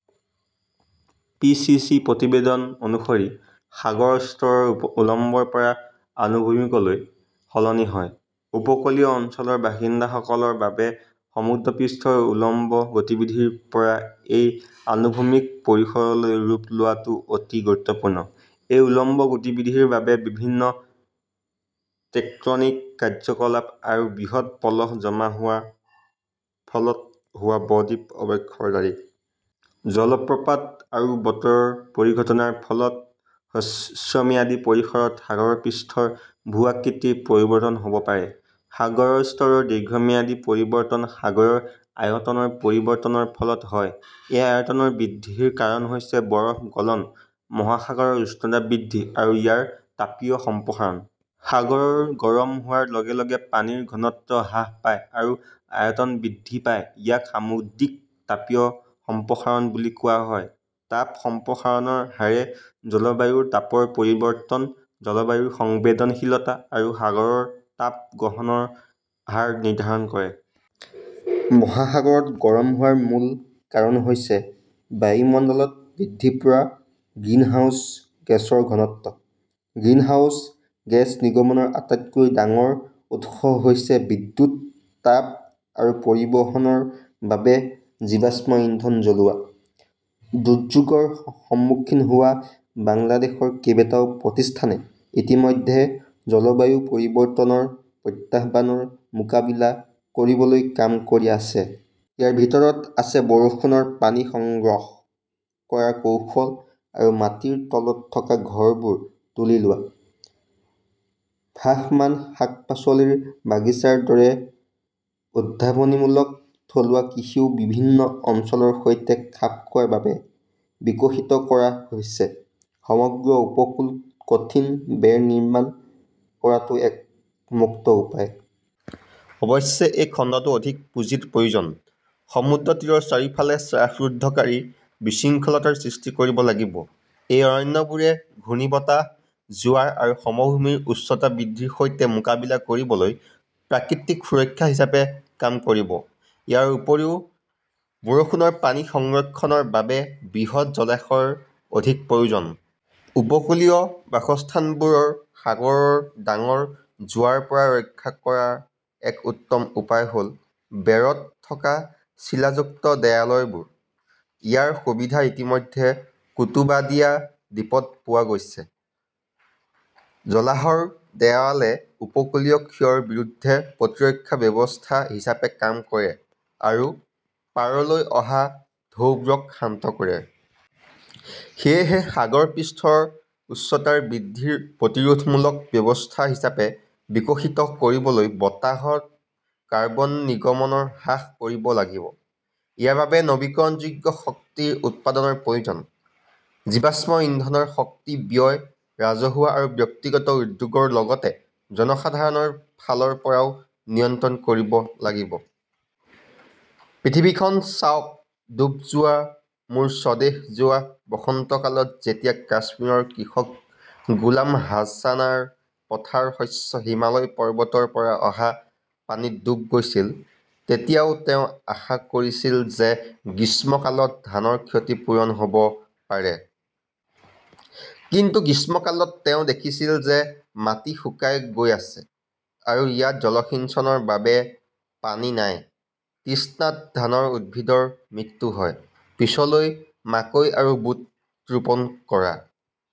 P. C. C. প্ৰতিবেদন অনুসৰি, সাগৰৰ স্তৰ উলম্বৰ পৰা আনুভূমিকলৈ সলনি হয়। উপকূলীয় অঞ্চলৰ বাসিন্দাসকলৰ বাবে সমুদ্ৰপৃষ্ঠৰ উলম্ব গতিবিধিৰ পৰা এই আনুভূমিক পৰিসৰলৈ ৰূপ লোৱাটো অতি গুৰুত্বপূৰ্ণ। এই উলম্ব গতিবিধিৰ বাবে বিভিন্ন টেক্টনিক কাৰ্যকলাপ আৰু বৃহৎ পলস জমা হোৱাৰ ফলত হোৱা ব-দ্বীপৰ অৱক্ষয় দায়ী। জলপ্ৰপাত আৰু বতৰৰ পৰিঘটনাৰ ফলত হ্ৰস্বম্যাদী পৰিসৰত সাগৰৰ পৃষ্ঠৰ ভূ-আকৃতিৰ পৰিৱৰ্তন হ’ব পাৰে। সাগৰৰ স্তৰৰ দীৰ্ঘম্যাদী পৰিৱৰ্তন সাগৰৰ আয়তনৰ পৰিৱৰ্তনৰ ফলত হয়। এই আয়তন বৃদ্ধিৰ কাৰণ হৈছে বৰফ গলন, মহাসাগৰৰ উষ্ণতা বৃদ্ধি আৰু ইয়াৰ তাপীয় সম্প্ৰসাৰণ। সাগৰ গৰম হোৱাৰ লগে লগে পানীৰ ঘনত্ব হ্ৰাস পায় আৰু আয়তন বৃদ্ধি পায়। ইয়াক সামুদ্ৰিক তাপীয় সম্প্ৰসাৰণ বুলি কোৱা হয়। তাপ সম্প্ৰসাৰণৰ হাৰে জলবায়ুৰ তাপৰ পৰিৱৰ্তন, জলবায়ুৰ সংবেদনশীলতা আৰু সাগৰৰ তাপ গ্ৰহণৰ হাৰ নিৰ্ধাৰণ কৰে। মহাসাগৰটো গৰম হোৱাৰ মূল কাৰণ হৈছে বায়ুমণ্ডলত বৃদ্ধি পোৱা গ্ৰিনহাউজ গেছৰ ঘনত্ব। গ্ৰিনহাউজ গেছ নিৰ্গমনৰ আটাইতকৈ ডাঙৰ উৎস হৈছে বিদ্যুৎ, তাপ আৰু পৰিবহণৰ বাবে জীৱাশ্ম ইন্ধন জ্বলোৱা। দুৰ্যোগৰ সন্মুখীন হোৱা বাংলাদেশৰ কেইবাটাও প্ৰতিষ্ঠানে ইতিমধ্যে জলবায়ু পৰিৱৰ্তনৰ প্ৰত্যাহ্বানৰ মোকাবিলা কৰিবলৈ কাম কৰি আছে। ইয়াৰ ভিতৰত আছে বৰষুণৰ পানী সংগ্ৰহ কৰাৰ কৌশল আৰু মাটিৰ তলত থকা ঘৰবোৰ তুলি লোৱা। ভাসমান শাক-পাচলিৰ বাগিচাৰ দৰে উদ্ভাৱনীমূলক থলুৱা কৃষিও বিভিন্ন অঞ্চলৰ সৈতে খাপ খোৱাৰ বাবে বিকশিত কৰা হৈছে। সমগ্ৰ উপকূলত কঠিন বেৰ নিৰ্মাণ কৰাটো এক মুক্ত উপায়। অৱশ্যে এই খণ্ডটোত অধিক পুঁজিৰ প্ৰয়োজন। সমুদ্ৰতীৰৰ চাৰিওফালে শ্বাসৰুদ্ধকাৰী বিশৃংখলতাৰ সৃষ্টি কৰিব লাগিব। এই অৰণ্যবোৰে ঘূৰ্ণীবতাহ, জোৱাৰ আৰু সমভূমিৰ উচ্চতা বৃদ্ধিৰ সৈতে মোকাবিলা কৰিবলৈ প্ৰাকৃতিক সুৰক্ষা হিচাপে কাম কৰিব। ইয়াৰ উপৰিও বৰষুণৰ পানী সংৰক্ষণৰ বাবে বৃহৎ জলাশয়ৰ অধিক প্ৰয়োজন। উপকূলীয় বাসস্থানবোৰ সাগৰৰ ডাঙৰ জোৱাৰৰ পৰা ৰক্ষা কৰাৰ এক উত্তম উপায় হ’ল বেৰত থকা চিলাযুক্ত দেৱালবোৰ। ইয়াৰ সুবিধা ইতিমধ্যে কুতুবাদিয়া দ্বীপত পোৱা গৈছে। জলাহৰ দেৱালে উপকূলীয় ক্ষয়ৰ বিৰুদ্ধে প্ৰতিৰক্ষা ব্যৱস্থা হিচাপে কাম কৰে আৰু পাৰলৈ অহা ঢৌবোৰক শান্ত কৰে। সেয়েহে, সাগৰ পৃষ্ঠৰ উচ্চতা বৃদ্ধিৰ প্ৰতিৰোধমূলক ব্যৱস্থা হিচাপে বিকশিত কৰিবলৈ বতাহত কাৰ্বন নিৰ্গমন হ্ৰাস কৰিব লাগিব। ইয়াৰ বাবে নৱীকৰণযোগ্য শক্তি উৎপাদনৰ প্ৰয়োজন। জীৱাশ্ম ইন্ধনৰ শক্তি ব্যয় ৰাজহুৱা আৰু ব্যক্তিগত উদ্যোগৰ লগতে জনসাধাৰণৰ ফালৰ পৰাও নিয়ন্ত্ৰণ কৰিব লাগিব। পৃথিৱীখন চাওক, ডুব যোৱা মোৰ স্বদেশ যোৱা বসন্তকালত যেতিয়া কাশ্মীৰৰ কৃষক গোলাম হাছানৰ পথাৰৰ শস্য হিমালয় পৰ্বতৰ পৰা অহা পানীত ডুব গৈছিল, তেতিয়াও তেওঁ আশা কৰিছিল যে গ্ৰীষ্মকালত ধানৰ ক্ষতি পূৰণ হ 'ব পাৰে। কিন্তু গ্ৰীষ্মকালত তেওঁ দেখিছিল যে মাটি শুকাই গৈ আছে, আৰু ইয়াত জলসিঞ্চনৰ বাবে পানী নাই। তৃষ্ণাত ধানৰ উদ্ভিদৰ মৃত্যু হয়। পিছলৈ মাকৈ আৰু বুট ৰোপণ কৰা